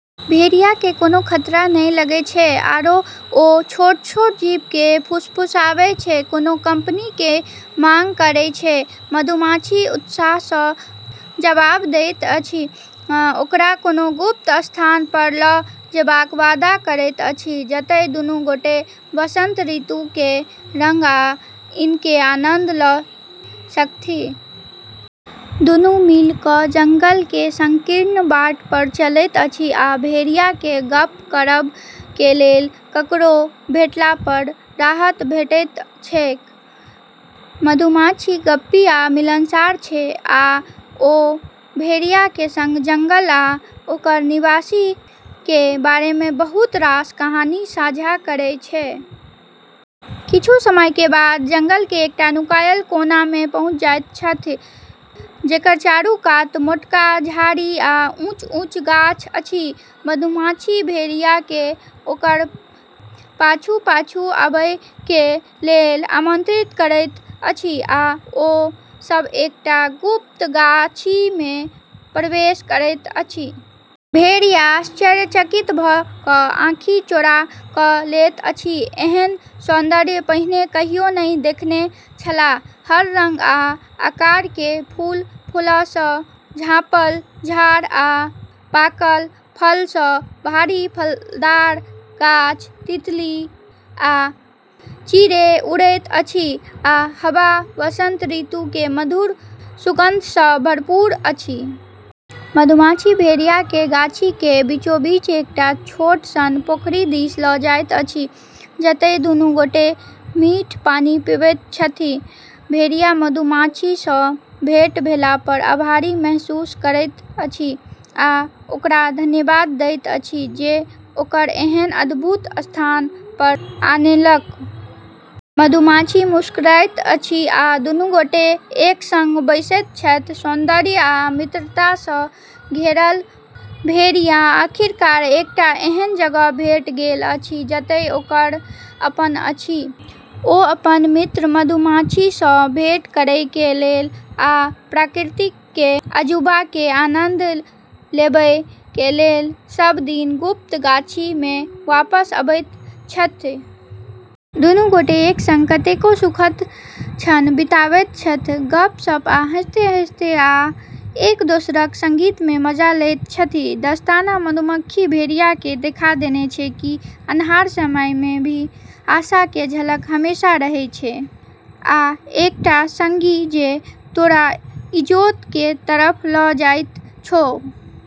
भेड़िया केँ कोनो खतरा नै लगै छै, आरो ओ छोट-छोट जीव केँ फुसफुसाबै छै, कोनो कंपनी के मांग करै छै। मधुमाछी उत्साह सँ जवाब दैत अछि, ओकरा कोनो गुप्त स्थान पर ल' जेबाक वादा करैत अछि जतय दुनू गोटे वसंत ऋतु के रंग आ इत्र के आनंद ल' सकथि। दुनू मिलि क' जंगल के संकीर्ण बाट पर चलैत अछि, आ भेड़िया केँ गप्प करब के लेल ककरो भेटला पर राहत भेटैत छैक। मधुमाछी गप्पी आ मिलनसार छै, आ ओ भेड़िया के संग जंगल आ ओकर निवासी के बारे में बहुत रास कहानी साझा करै छै। किछु समय के बाद जंगल के एकटा नुकायल कोना में पहुँचि जाइत छथि, जकर चारू कात मोटका झाड़ी आ ऊँच-ऊँच गाछ अछि। मधुमाछी भेड़िया के ओकर पाछू-पाछू आबय के लेल आमंत्रित करैत अछि, आ ओ सभ एकटा गुप्त गाछी में प्रवेश करैत अछि। भेड़िया आश्चर्यचकित भ' कऽ आँखि चौड़ा क' लैत अछि। एहन सौन्दर्य पहिने कहियो नहि देखने छलाह। हर रंग आ आकार के फूल, फूलसँ झाँपल झाड़, आ पाकल फलसँ भारी फलदार गाछ। तितली आ चिड़ै उड़ैत अछि, आ हवा वसंत ऋतु के मधुर सुगंधसँ भरपूर अछि। मधुमाछी भेड़िया के गाछी के बीचोबीच एकटा छोट सन पोखरि दिस लऽ जाइत अछि, जतय दुनू गोटे मीठ पानि पीबैत छथि। भेड़िया मधुमाछी सँ भेंट भेला पर आभारी महसूस करैत अछि, आ ओकरा धन्यवाद दैत अछि जे ओकरा एहन अद्भुत स्थान पर आनेलक। मधुमाछी मुस्कुराइत अछि, आ दुनू गोटे एक संग बैसैत छथि, सौन्दर्य आ मित्रता सँ घेरल। भेड़िया आखिरकार एकटा एहन जगह भेट गेल अछि जतय ओकर अपन अछि। ओ अपन मित्र मधुमाछी सँ भेंट करय के लेल आ प्रकृति के अजूबा के आनंद लेबय के लेल सब दिन गुप्त गाछी में वापस अबैत छथि। दुनू गोटे एक संग कतेको सुखद क्षण बिताबैत छथि, गप्प-सप्प आ हँसैत-हँसैत, आ एक-दोसरक संगति में मजा लैत छथि। दोस्ताना मधुमक्खी भेड़िया के देखा देने छै कि अन्हार समय में भी आशा के झलक हमेशा रहै छै आ एक टा संगी जे तोरा इजोत के तरफ ल' जाइत छौ।